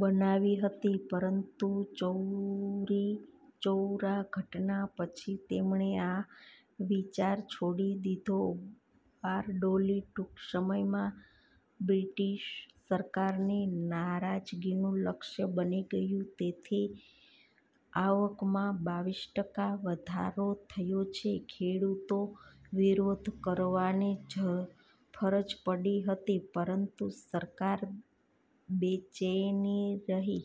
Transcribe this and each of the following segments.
બનાવી હતી, પરંતુ ચૌરી-ચૌરા ઘટના પછી તેમણે આ વિચાર છોડી દીધો. બારડોલી ટૂંક સમયમાં બ્રિટીશ સરકારની નારાજગીનું લક્ષ્ય બની ગયું. તેથી, આવકમાં બાવીસ ટકા વધારો થયો છે. ખેડુતો વિરોધ કરવાની ફરજ પડી હતી પરંતુ સરકાર બેચેની રહી.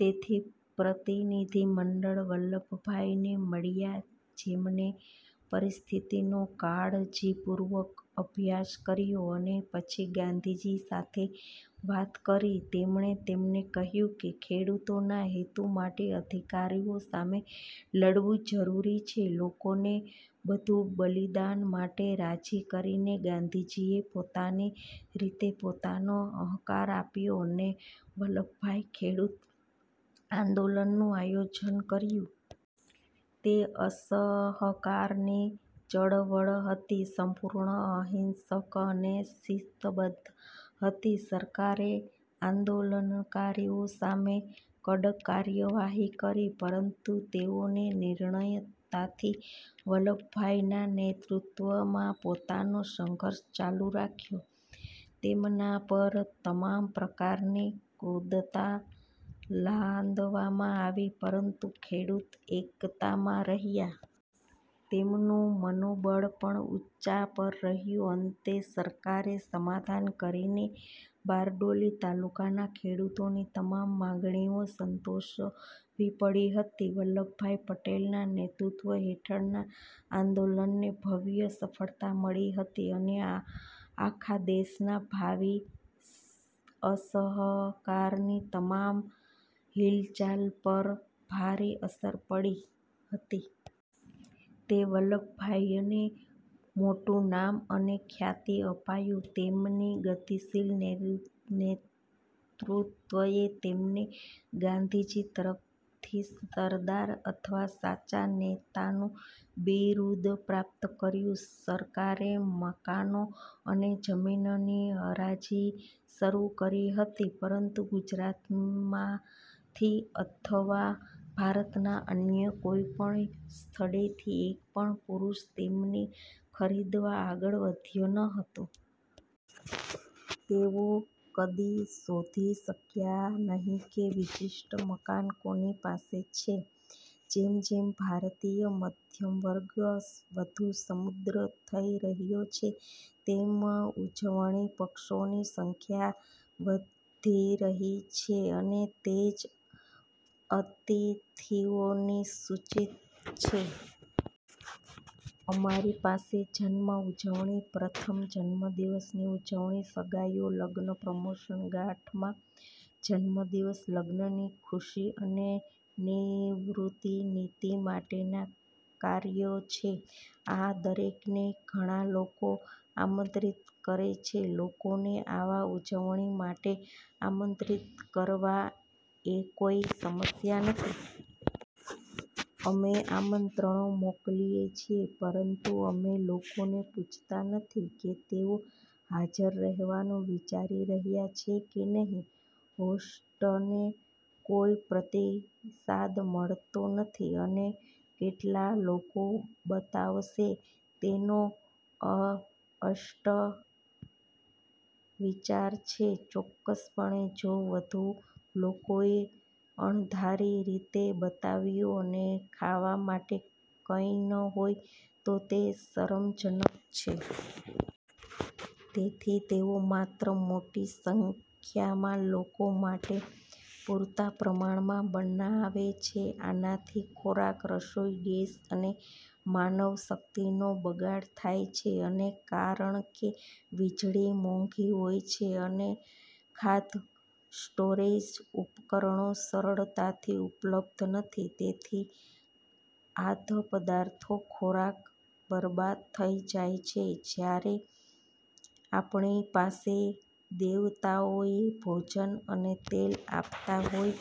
તેથી પ્રતિનિધિ મંડળ વલ્લભભાઇને મળ્યા, જેમણે પરિસ્થિતિનો કાળજીપૂર્વક અભ્યાસ કર્યો અને પછી ગાંધીજી સાથે વાત કરી. તેમણે તેમને કહ્યું કે, ખેડૂતોના હેતુ માટે અધિકારીઓ સામે લડવું જરૂરી છે. લોકોને બધુ બલિદાન માટે રાજી કરીને ગાંધીજીએ પોતાની રીતે પોતાનો હકાર આપ્યો અને વલ્લભભાઇ, ખેડૂત આંદોલનનું આયોજન કર્યું. તે અસહકારની ચળવળ હતી, સંપૂર્ણ અહિંસક અને શિસ્તબદ્ધ હતી. સરકારે આંદોલનકારીઓ સામે કડક કાર્યવાહી કરી પરંતુ તેઓએ નિર્ભયતાથી વલ્લભભાઇના નેતૃત્વમાં પોતાનો સંઘર્ષ ચાલુ રાખ્યો. તેમના પર તમામ પ્રકારની ક્રૂરતા લાદવામાં આવી પરંતુ ખેડૂત એકતામાં રહ્યા. તેમનું મનોબળ પણ ઉંચા પર રહ્યું. અંતે સરકારે સમાધાન કરીને બારડોલી તાલુકાના ખેડુતોની તમામ માંગણીઓ સંતોષવી પડી હતી. વલ્લભભાઇ પટેલના નેતૃત્વ હેઠળના આંદોલનને ભવ્ય સફળતા મળી હતી અને આખા દેશમાં ભાવિ અસહકારની તમામ હિલચાલ પર ભારે અસર પડી હતી. તે વલ્લભભાઇને મોટું નામ અને ખ્યાતિ અપાવ્યું. તેમની ગતિશીલ નેતૃત્વએ તેમને ગાંધીજી તરફથી સરદાર અથવા સાચા નેતાનું બિરુદ પ્રાપ્ત કર્યું. સરકારે મકાનો અને જમીનની હરાજી શરૂ કરી હતી. પરંતુ ગુજરાતમાંથી અથવા ભારતના અન્ય કોઈ પણ સ્થળેથી એક પણ પુરુષ તેમને ખરીદવા આગળ આવ્યો ન હતો. તેઓ કદી શોધી શક્યા નહીં કે વિશિષ્ટ મકાન કોની પાસે છે. જેમ જેમ ભારતીય મધ્યમ વર્ગ વધુ સમૃદ્ધ થઈ રહ્યો છે, તેમ ઉજવણી પક્ષોની સંખ્યા વધી રહી છે અને તે જ અતિથિઓની સૂચિ છે. અમારી પાસે જન્મ ઉજવણી, પ્રથમ જન્મદિવસની ઉજવણી, સગાઈઓ, લગ્ન, પ્રમોશન, સાઠમા જન્મદિવસ, લગ્નની ખુશી અને નિવૃત્તિ નીતિ માટેનાં કાર્યો છે. આ દરેકને ઘણાં લોકો આમંત્રિત કરે છે. લોકોને આવા ઉજવણી માટે આમંત્રિત કરવા એ કોઈ સમસ્યા નથી. અમે આમંત્રણો મોકલીએ છીએ, પરંતુ અમે લોકોને પૂછતા નથી કે તેઓ હાજર રહેવાનું વિચારી રહ્યા છે કે નહીં. હોસ્ટને કોઈ પ્રતિસાદ મળતો નથી અને કેટલા લોકો બતાવશે તેનો અસ્પષ્ટ વિચાર છે. ચોક્કસપણે જો વધુ લોકોએ અણધારી રીતે બતાવ્યું અને ખાવા માટે કંઈ ન હોય તો તે શરમજનક છે. તેથી તેઓ માત્ર મોટી સંખ્યામાં લોકો માટે પૂરતા પ્રમાણમાં બનાવે છે. આનાથી ખોરાક, રસોઈ ગેસ અને માનવ શક્તિનો બગાડ થાય છે. અને કારણ કે વીજળી મોંઘી હોય છે અને ખાદ્ય સ્ટોરેજ ઉપકરણો સરળતાથી ઉપલબ્ધ નથી, તેથી ખાદ્યપદાર્થોનો ખોરાક બરબાદ થઈ જાય છે. ત્યારે આપણી પાસે દેવતાઓએ ભોજન અને તેલ આપતા હોય